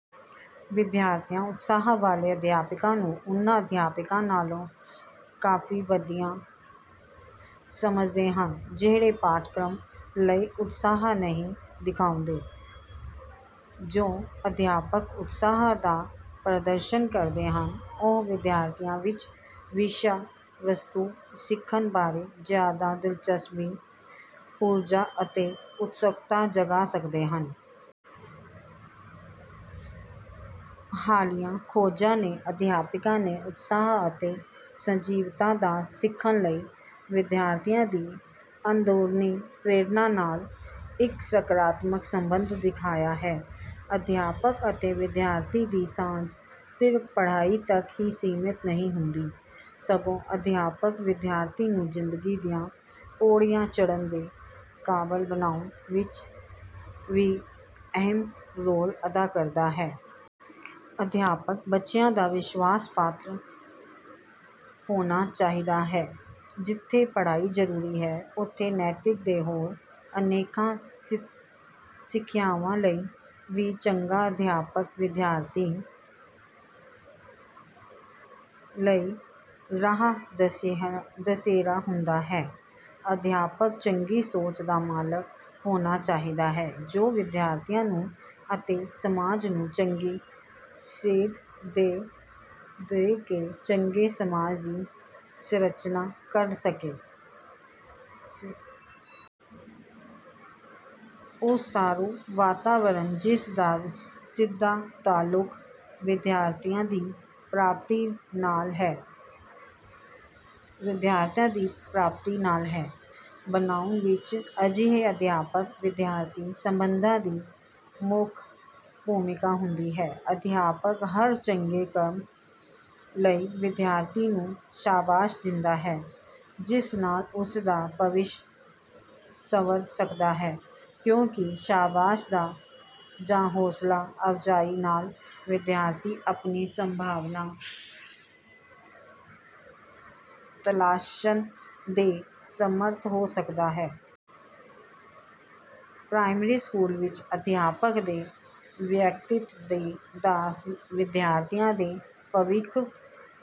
ਵਿਦਿਆਰਥੀ ਉਤਸ਼ਾਹ ਵਾਲੇ ਅਧਿਆਪਕਾਂ ਨੂੰ ਉਨ੍ਹਾਂ ਅਧਿਆਪਕਾਂ ਨਾਲੋਂ ਕਾਫੀ ਵਧੀਆ ਸਮਝਦੇ ਹਨ ਜਿਹੜੇ ਪਾਠਕ੍ਰਮ ਲਈ ਉਤਸ਼ਾਹ ਨਹੀਂ ਦਿਖਾਉਂਦੇ। ਜੋ ਅਧਿਆਪਕ ਉਤਸ਼ਾਹ ਦਾ ਪ੍ਰਦਰਸ਼ਨ ਕਰਦੇ ਹਨ, ਉਹ ਵਿਦਿਆਰਥੀਆਂ ਵਿੱਚ ਵਿਸ਼ਾ-ਵਸਤੂ ਸਿੱਖਣ ਬਾਰੇ ਜ਼ਿਆਦਾ ਦਿਲਚਸਪੀ, ਊਰਜਾ ਅਤੇ ਉਤਸੁਕਤਾ ਜਗਾ ਸਕਦੇ ਹਨ। ਹਾਲੀਆ ਖੋਜਾਂ ਨੇ ਅਧਿਆਪਕਾਂ ਨੇ ਉਤਸਾਹ ਅਤੇ ਸਜੀਵਤਾ ਦਾ ਸਿੱਖਣ ਲਈ ਵਿਦਿਆਰਥੀਆਂ ਦੀ ਅੰਦਰੂਨੀ ਪ੍ਰੇਰਣਾ ਨਾਲ ਇੱਕ ਸਕਾਰਾਤਮਕ ਸਬੰਧ ਦਿਖਾਇਆ ਹੈ। ਅਧਿਆਪਕ ਅਤੇ ਵਿਦਿਆਰਥੀ ਦੀ ਸਾਂਝ ਸਿਰਫ਼ ਪੜ੍ਹਾਈ ਤੱਕ ਹੀ ਸੀਮਤ ਨਹੀਂ ਹੁੰਦੀ, ਸਗੋਂ ਅਧਿਆਪਕ ਵਿਦਿਆਰਥੀ ਨੂੰ ਜ਼ਿੰਦਗੀ ਦੀਆਂ ਪੌੜੀਆਂ ਚੜ੍ਹਨ ਦੇ ਕਾਬਲ ਬਣਾਉਣ ਵਿੱਚ ਵੀ ਅਹਿਮ ਰੋਲ ਅਦਾ ਕਰਦਾ ਹੈ। ਅਧਿਆਪਕ ਬੱਚਿਆਂ ਦਾ ਵਿਸ਼ਵਾਸ-ਪਾਤਰ ਹੋਣਾ ਚਾਹੀਦਾ ਹੈ। ਜਿੱਥੇ ਪੜ੍ਹਾਈ ਜ਼ਰੂਰੀ ਹੈ, ਉੱਥੇ ਨੈਤਿਕ ਤੇ ਹੋਰ ਅਨੇਕਾਂ ਸਿੱਖਿਆਵਾਂ ਲਈ ਵੀ ਚੰਗਾ ਅਧਿਆਪਕ ਵਿਦਿਆਰਥੀ ਲਈ ਰਾਹ-ਦਸੇਰਾ ਹੁੰਦਾ ਹੈ। ਅਧਿਆਪਕ ਚੰਗੀ ਸੋਚ ਦਾ ਮਾਲਕ ਹੋਣਾ ਚਾਹੀਦਾ ਹੈ, ਜੋ ਵਿਦਿਆਰਥੀਆਂ ਨੂੰ ਅਤੇ ਸਮਾਜ ਨੂੰ ਚੰਗੀ ਸੇਧ ਦੇ ਕੇ ਚੰਗੇ ਸਮਾਜ ਦੀ ਸੰਰਚਣਾ ਕਰ ਸਕੇ। ਉਸਾਰੂ ਵਾਤਾਵਰਣ, ਜਿਸ ਦਾ ਸਿੱਧਾ ਤਾਅਲੁਕ ਵਿਦਿਆਰਥੀਆਂ ਦੀ ਪ੍ਰਾਪਤੀ ਨਾਲ ਹੈ, ਬਣਾਉਣ ਵਿੱਚ ਅਜਿਹੇ ਅਧਿਆਪਕ-ਵਿਦਿਆਰਥੀ ਸੰਬੰਧਾਂ ਦੀ ਮੁੱਖ ਭੂਮਿਕਾ ਹੁੰਦੀ ਹੈ। ਅਧਿਆਪਕ ਹਰ ਚੰਗੇ ਕੰਮ ਲਈ ਵਿਦਿਆਰਥੀ ਨੂੰ ਸ਼ਾਬਾਸ਼ ਦਿੰਦਾ ਹੈ, ਜਿਸ ਨਾਲ ਉਸ ਦਾ ਭਵਿੱਸ਼ ਸੰਵਰ ਸਕਦਾ ਹੈ, ਕਿਉਂਕਿ ਸ਼ਾਬਾਸ਼ ਜਾਂ ਹੌਂਸਲਾ-ਅਫਜ਼ਾਈ ਨਾਲ ਵਿਦਿਆਰਥੀ ਆਪਣੀ ਸੰਭਾਵਨਾ ਤਲਾਸ਼ਣ ਦੇ ਸਮਰੱਥ ਹੋ ਸਕਦਾ ਹੈ। ਪ੍ਰਾਇਮਰੀ ਸਕੂਲ ਵਿੱਚ ਅਧਿਆਪਕ ਦੇ ਵਿਅਕਤਿਤ੍ਵ ਦਾ ਵਿਦਿਆਰਥੀਆਂ ਦੇ ਭਵਿੱਖ